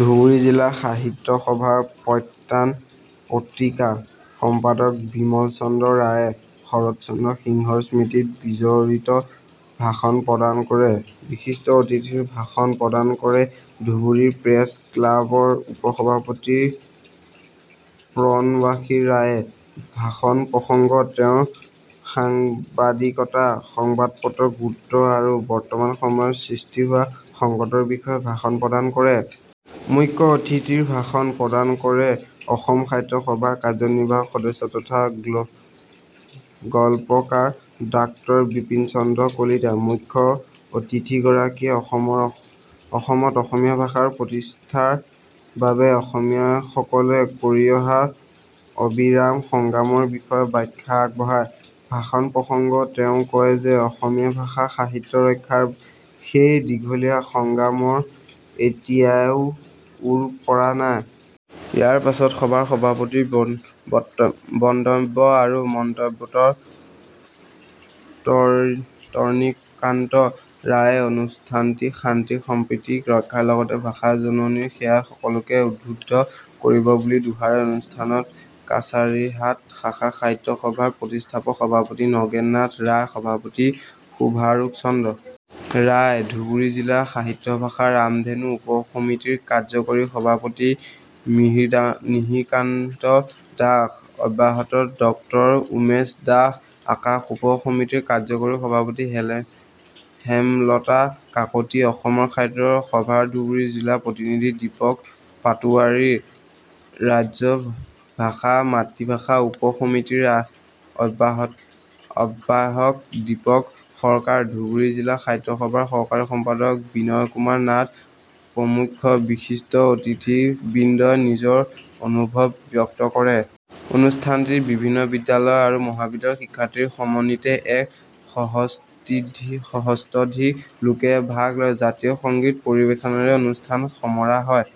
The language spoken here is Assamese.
ধুবুৰী জিলা সাহিত্য সভাৰ প্ৰাক্তন পত্ৰিকা সম্পাদক বিমল চন্দ্ৰ ৰায়ে শৰৎচন্দ্ৰ সিংহ স্মৃতি বিজড়িত ভাষণ প্ৰদান কৰে। বিশিষ্ট অতিথিৰ ভাষণ প্ৰদান কৰে ধুবুৰী প্ৰেছ ক্লাবৰ উপ সভাপতি প্ৰণৱাশীয় ৰায়ে। ভাষণ প্ৰসংগত তেওঁ সাংবাদিকতা সংবাদপত্ৰৰ গুৰুত্ব আৰু বৰ্তমান সময়ত সৃষ্টি হোৱা সংকটৰ বিষয়ে ভাষণ প্ৰদান কৰে। মুখ্য অতিথিৰ ভাষণ প্ৰদান কৰে অসম সাহিত্য সভাৰ কাৰ্যনিৰ্বাহক সদস্য তথা গল্পকাৰ ডাক্টৰ বিপিন চন্দ্ৰ কলিতাই। মুখ্য অতিথিগৰাকীয়ে অসমত অসমীয়া ভাষা প্ৰতিষ্ঠাৰ বাবে অসমীয়াসকলে কৰি অহা অবিৰাম সংগ্ৰামৰ বিষয়ে ব্যাখ্যা আগবঢ়ায়। ভাষণ প্ৰসংগত তেওঁ কয় যে অসমীয়া ভাষা সাহিত্য ৰক্ষাৰ সেই দীঘলীয়া সংগ্ৰামৰ এতিয়াও ওৰ পৰা নাই। ইয়াৰ পাছত সভাৰ সভাপতিৰ বক্তব্য আৰু মন্তব্যত তৰণীকান্ত ৰায়ে অনুষ্ঠানটিয়ে শান্তি সম্প্ৰীতি ৰক্ষাৰ লগতে ভাষা জননীৰ সেৱাত সকলোকে উদ্বুদ্ধ কৰিব বুলি দোহাৰে অনুষ্ঠানত কাছাৰীহাট শাখা সাহিত্য সভাৰ প্ৰতিষ্ঠাপক সভাপতি নগেন্দ্ৰনাথ ৰায়, সভাপতি সুভাষচন্দ্ৰ ৰায়, ধুবুৰী জিলা সাহিত্য সভাৰ ৰামধেনু উপ সমিতিৰ কাৰ্যকৰী সভাপতি মিহিৰকান্ত দাস, আহ্বায়ক ডক্টৰ উমেশ দাস, আকাশ উপ সমিতিৰ কাৰ্যকৰী সভাপতি হেমলতা কাকতী, অসম সাহিত্য সভাৰ ধুবুৰী জিলা প্ৰতিনিধি দীপক পাটোৱাৰী, ৰাজ্য ভাষা-মাতৃভাষা উপ সমিতিৰ আহ্বায়ক দীপক সৰকাৰ, ধুবুৰী জিলা সাহিত্য সভাৰ সহকাৰী সম্পাদক বিনয় কুমাৰ নাথ প্ৰমুখ্যে বিশিষ্ট অতিথিবৃন্দই নিজৰ অনুভৱ ব্যক্ত কৰে। অনুষ্ঠানটিত বিভিন্ন বিদ্যালয় আৰু মহাবিদ্যালয়ৰ শিক্ষাৰ্থী সমন্বিতে এক সহস্ৰধিক লোকে ভাগ লয়। জাতীয় সংগীত পৰিৱেশনেৰে অনুষ্ঠান সামৰা হয়।